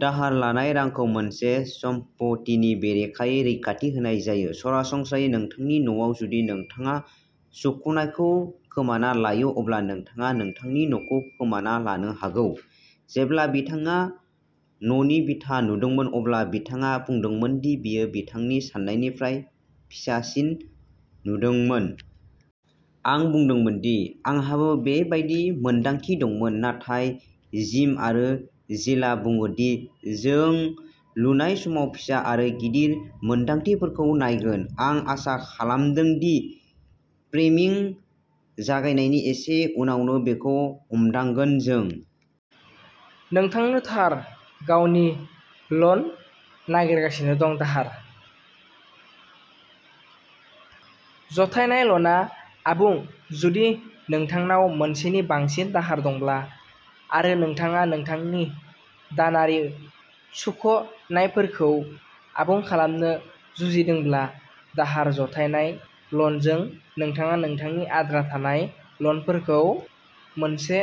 दाहार लानाय रांखौ मोनसे सम्पथिनि बेरेखायै रैखाथि होनाय जायो सरासनस्रायै नोंथांनि न'आव जुदि नोंथाङा सुख'नायखौ खोमाना लायो अब्ला नोंथाङा नोंथांनि न'खौ खोमाना लानो हागौ जेब्ला बिथाङा न'नि बिथा नुदोंमोन अब्ला बिथाङा बुंदोंमोन दि बेयो बिथांनि सान्नायनिफ्राय फिसासिन नुदोंमोन। आं बुंदोंमोन दि आंहाबो बे बायदि मोन्दांथि दंमोन नाथाय जिम आरो जिलआ बुङो दि जों लुनाय समाव फिसा आरो गिदिर मोनदांथिफोरखौ नायगोन। आं आसा खालामदों दि फ्रेमिं जागायनायनि एसे उनावनो बेखौ हमदांगोन जों नोंथांनो थार गावारि ल'न नागिरगासिनो दं दाहार जथायनाय ल'नआ आबुं जुदि नोंथांनाव मोनसेनि बांसिन दाहार दंब्ला आरो नोंथाङा नोंथांनि दानारि सुख'नायफोरखौ आबुं खालामनो जुजिदोंब्ला दाहार जथायनाय ल'नजों नोंथाङा नोंथांनि आद्रा थानाय ल'नफोरखौ मोनसे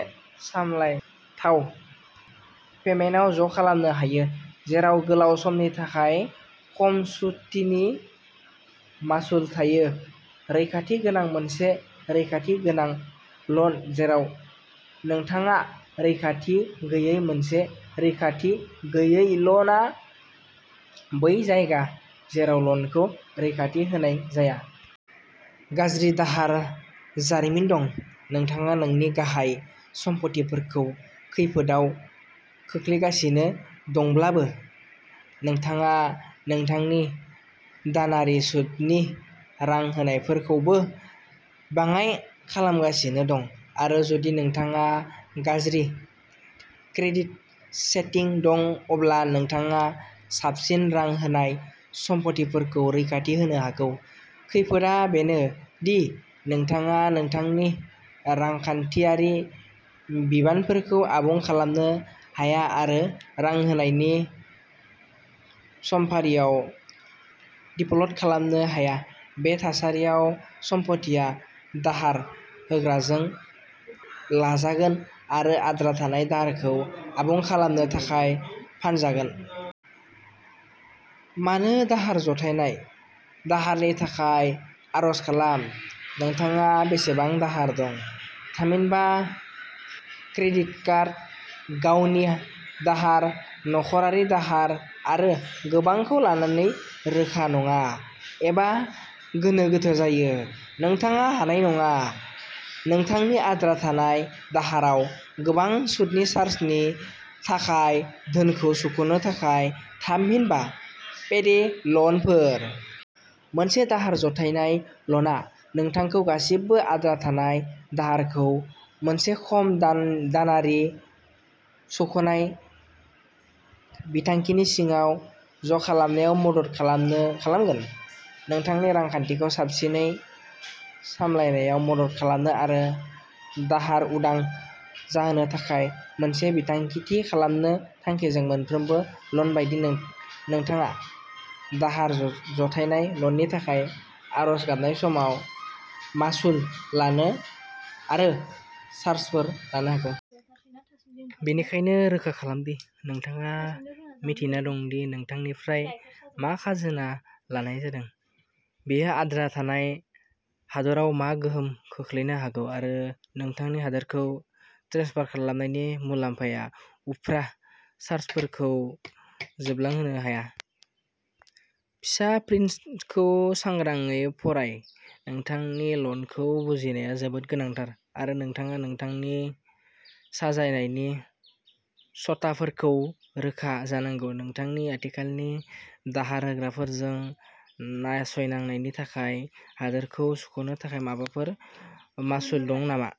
सामलायथाव पेमेन्टआव ज'खालामनो हायो जेराव गोलाव समनि थाखाय खम सुतनि मासुल थायो रैखाथि गोनां मोनसे रैखाथि गोनां ल'न जेराव नोंथाङारैखाथि गैयै मोनसे रैखाथि गैयै ल'नआ बै जायगा जेराव ल'नखौ रैखाथि होनाय जाया। गाज्रि दाहार जारिमिन दं नोंथाङा नोंथांनि गाहाय सम्फथिफोरखौ खैफोदआव खोख्लैगासिनो दंब्लाबो नोंथाङा नोंथांनि दानारि सुतनि रां होनायफोरखौबो बाङाइ खालामगासिनो दं आरो जुदि नोंथांहा गाज्रि क्रेडिट रेटिं दं अब्ला नोंथाङा साबसिन रां होनाय समफारिफोरखौ रैखाथि होनो हागौ खैफोदआ बेनो दि नोंथाङा नोंथांनि रांखान्थियारि बिबानफोरखौ आबुं खालामनो हाया आरो रां होनायनि समफारियाव दिफल्ट खालामनो हाया बे थासारियाव सम्फथिया दाहार होग्राजों लाजागोन आरो आद्रा थानाय दाहारखौ आबुं खालामनो थाखाय फानजागोन। मानो दाहार जथायनाय दाहारनि थाखाय आर'ज खालाम नोंथाङा बेसेबां दाहार दं थामहिनबा क्रेडिट कार्ड गावारि दाहार नखरारि दाहार आरो गोबांखौ लानानै रोखा नङा एबा गोनो गोथो जायो। नोंथाङा हानाय नङा नोंथांनि आद्रा थानाय दाहाराव गोबां सुदनि चार्जनि थाखाय धोनखौ सुख'नो थाखाय थामहिनबा पेडे ल'नफोर। मोनसे दाहार जथायनाय ल'नआ नोंथांखौ गासिबो आद्रा थानाय दाहारखौ मोनसे खम दाम दानारि सुख'नाय बिथांखिनि सिङाव ज'खालामनायाव मदद खालामनो खालामगोन। नोंथांनि रांखान्थिखौ साबसिनै सामलायनायाव मदद खालामनो आरो दाहार उदां जानो थाखाय मोनसे बिथांखि थि खालामनो थांखिजों मोनफ्रोमबो ल'न बायदि नों-नोंथाङा दाहार जथायनाय ल'ननि थाखाय आर'ज गाबनाय समाव मासुल आरो चार्जफोर लानो हागौ। बेनिखायनो रोखा खालाम दि नोंथाङा मिन्थिना दं दि नोंथांनिफ्राय मा खाजोना लानाय जादों बेयो आद्रा थानाय दाहाराव मा गोहोम खोख्लैनो हागौ आरो नोंथांनि दाहारखौ ट्रेन्सफार खालामनायनि मुलाम्फाया उफ्रा चार्जफोरजों जोबलांनो हाया फिसा प्रिन्टखौ सांग्राङै फराय नोंथांनि ल'नखौ बुजिनाया जोबोद गोनांथार आरो नोंथाङा नोंथांनि साजायनायनि सर्तफोराव रोखा जानांगौ नोंथांनि आथिखालनि दाहार होग्राफोरजों नायसंनायनि थाखानाय दाहारखौ सुख'नो थाखाय माबाफोर मासुल दं नामा।